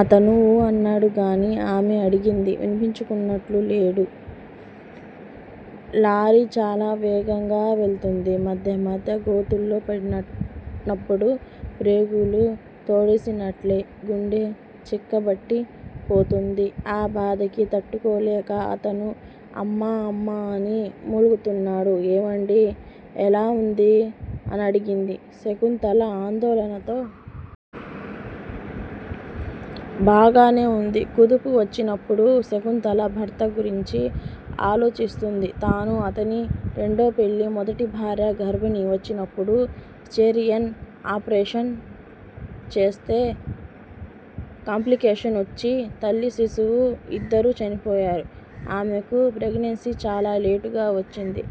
అతను ఊ అన్నాడు గానీ ఆమె అడిగింది వినిపించుకున్నట్లు లేడు. లారీ చాలా వేగంగా వెళ్తోంది. మధ్య మధ్య గోతుల్లో పడిన నప్పుడు ప్రేగులు తోడేసినట్లై గుండె చిక్కబట్టిపోతోంది. ఆ బాధకి తట్టుకోలేక అతను అమ్మా! అమ్మా! అని మూలుగుతున్నాడు. ఏవండీ! ఎలా వుంది? అనడిగింది శకుంతల ఆందోళనతో. బాగానే ఉంది. కుదుపు వచ్చినప్పుడు శకుంతల భర్త గురించి ఆలోచిస్తోంది. తాను అతని రెండో పెళ్ళి. మొదటి భార్య గర్భణి వచ్చినప్పుడు సిజేరియన్ ఆపరేషన్ చేస్తే కాంప్లికేషనొచ్చి తల్లి శిశువూ యిద్దరూ చనిపోయారు. ఆమెకు ప్రెగ్నెన్సీ చాలా లేటుగా వచ్చింది.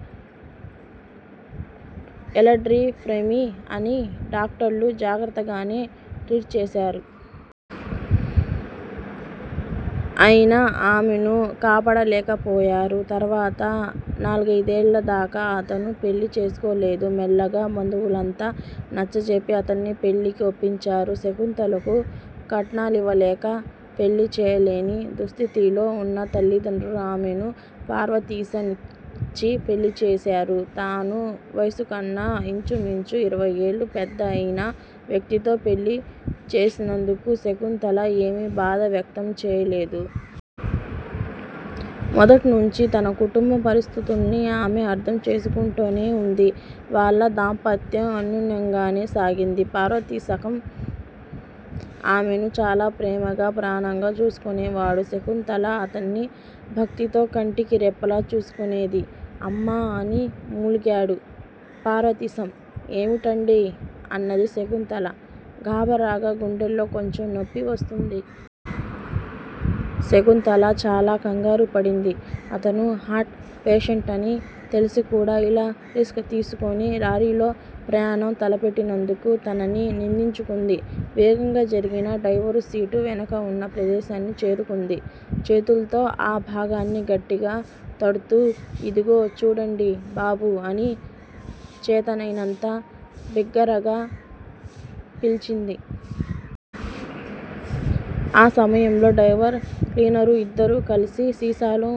ఎల్డరీ ఫ్రైమి అని డాక్టర్లు జాగ్రత్తగానే ట్రీట్ చేశారు. అయినా ఆమెను కాపాడలేకపోయారు. తర్వాత నాలుగయిదేళ్ళదాకా అతను పెళ్ళి చేసుకోలేదు. మెల్లగా బంధువులంతా నచ్చజెప్పి అతన్ని పెళ్ళికి ఒప్పించారు. శకుంతలకు కట్నాలివలేక పెళ్ళి చెయ్యలేని దుస్థితిలో వున్న తలిదండ్రులు ఆమెను పార్వతీశానికిచ్చి పెళ్ళి చేశారు. తాను వయసుకన్న యించుమించు ఇరవైఏళ్లు పెద్ద అయిన వ్యక్తితో పెళ్ళి చేసినందుకు శకుంతల ఏమి బాధ వ్యక్తం చేయ్యలేదు. మొదట్నుచీ తన కుటుంబ పరిస్థితుల్ని ఆమె అర్థం చేసుకుంటూనే వుంది. వాళ్ళ దాంపత్యం అన్యోన్యంగానే సాగింది. పార్వతీశకం ఆమెను చాలా ప్రేమగా ప్రాణంగా చూసుకునేవాడు. శకుంతల అతన్ని భక్తితో కంటికి రెప్పలా చూసుకొనేది. అమ్మా! అని మూలిగాడు పార్వతీశం. ఏమిటండీ? అన్నది శకుంతల గాభరాగా. గుండెల్లో కొంచెం నొప్పి వస్తోంది. శకుంతల చాలా కంగారుపడింది. అతను హార్ట్ పేషెంటని తెలిసికూడా ఇలా రిస్క్ తీసుకుని లారీలో ప్రయాణం తలపెట్టినందుకు తనని నిందించుకుంది. వేగంగా జరిగిన డ్రైవరు సీటు వెనక వున్న ప్రదేశాన్ని చేరుకుంది. చేతుల్తో ఆ భాగాన్ని గట్టిగా తడుతూ ఇదిగో చూడండి బాబూ అని చేతనైనంత బిగ్గరగా పిలిచింది. ఆ సమయంలో డ్రైవరు క్లీనరు యిద్దరూ కలిసి సీసాలో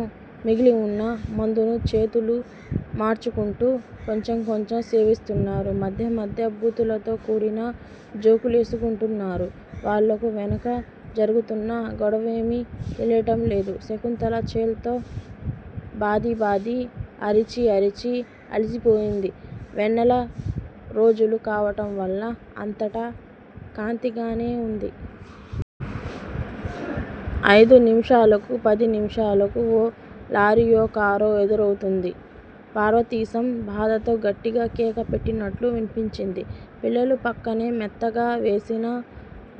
మిగిలివున్న మందును చేతులు మార్చుకుంటూ కొంచెం కొంచెం సేవిస్తున్నారు. మధ్య మధ్య బూతులతో కూడిన జోకులేసుకుంటున్నారు. వాళ్ళకు వెనక జరుగుతూన్న గొడవేమి తెలీటంలేదు. శకుంతల చేల్తో బాది బాది అరిచి అరిచి అలసిపోయింది. వెన్నెల రోజులు కావటంవల్ల అంతటా కాంతిగానే వుంది. అయిదు నిమిషాలకూ పది నిమిషాలకు ఓ లారీయో కారో ఎదురవుతోంది. పార్వతీశం బాధతో గట్టిగా కేకపెట్టినట్లు వినిపించింది. పిల్లలు ప్రక్కనే మెత్తగా వేసిన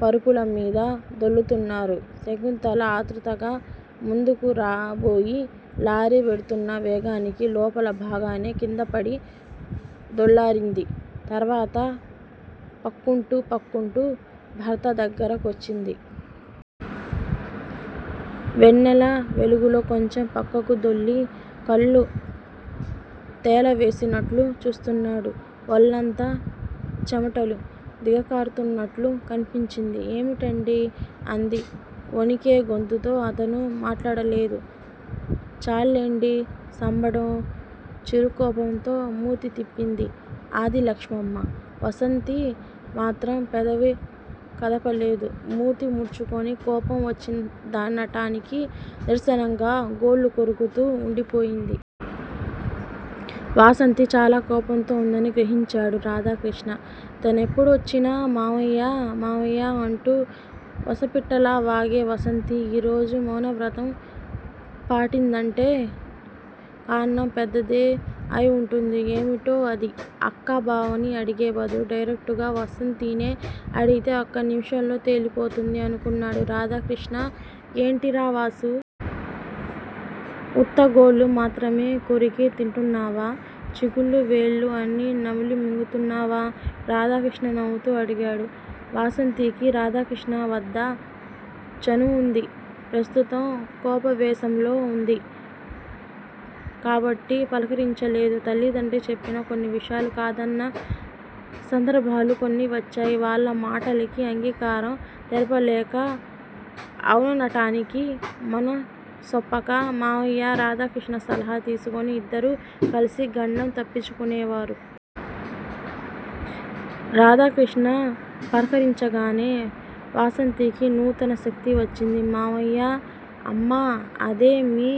పరుపులమీద దొర్లుతున్నారు. శకుంతల ఆతృతగా ముందుకు రాబోయి లారీ వెడుతున్న వేగానికి లోపల భాగానే క్రిందపడి దొల్లారింది. తర్వాత పాక్కుంటూ పాక్కుంటూ భర్త దగ్గర కొచ్చింది. వెన్నెల వెలుగులో కొంచెం ప్రక్కకు దొర్లి కళ్ళు తేలవేసినట్లు చూస్తున్నాడు. వొళ్ళంతా చెమటలు దిగకారుతున్నట్లు కనిపించింది. ఏమిటండీ అంది వొణికే గొంతుతో. అతను మాట్లాడలేదు. చాల్లేండి సంబడం. చిరుకోపంతో మూతి తిప్పింది ఆదిలక్షమ్మ. వాసంతి మాత్రం పెదవి కదపలేదు. మూతి ముడుచుకుని కోపం వచ్చిందనటానికి నిదర్శనంగా గోళ్ళు కొరుకుతూ వుండిపోయింది. వాసంతి చాలా కోపంతో వుందని గ్రహించాడు రాధాకృష్ణ. తానెప్పుడొచ్చినా మామయ్యా! మామయ్యా! అంటూ వసపిట్టలావాగే వాసంతి ఈరోజు మౌనవ్రతం పాటిదంటే అణం పెద్దదే అయివుంటుంది. ఏమిటో అది? అక్కా బావని అడిగే బదులు డైరెక్టుగా వాసంతినే అడిగితే ఒక్క నిమిషంలో తేలిపోతుంది అనుకున్నాడు రాధాకృష్ణ. ఏంటిరావాసూ! ఉత్త గోళ్ళు మాత్రమే కొరికి తింటున్నావా? చిగుళ్ళు వేళ్ళు అన్నీ నమిలిమింగుతున్నావా? రాధాకృష్ణ నవ్వుతూ అడిగాడు. వాసంతికి రాధాకృష్ణవద్ద చనువుంది. ప్రస్తుతం కోపావేశంలో వుంది కాబట్టి పలకరించలేదు. తల్లి తండ్రి చెప్పిన కొన్ని విషయాలు కాదన్న సందర్భాలు కొన్ని వచ్చాయి. వాళ్ళ మాటలకి అంగీకారం తెలపలేక అవునటానికి మనసొప్పక మామయ్య రాధాకృష్ణ సలహా తీసుకొని ఇద్దరూ కల్సి గండం తప్పించుకునేవారు. రాధాకృష్ణ పరపరించగానే వాసంతికి నూతన శక్తి వచ్చింది. మామయ్యా! అమ్మ అదే మీ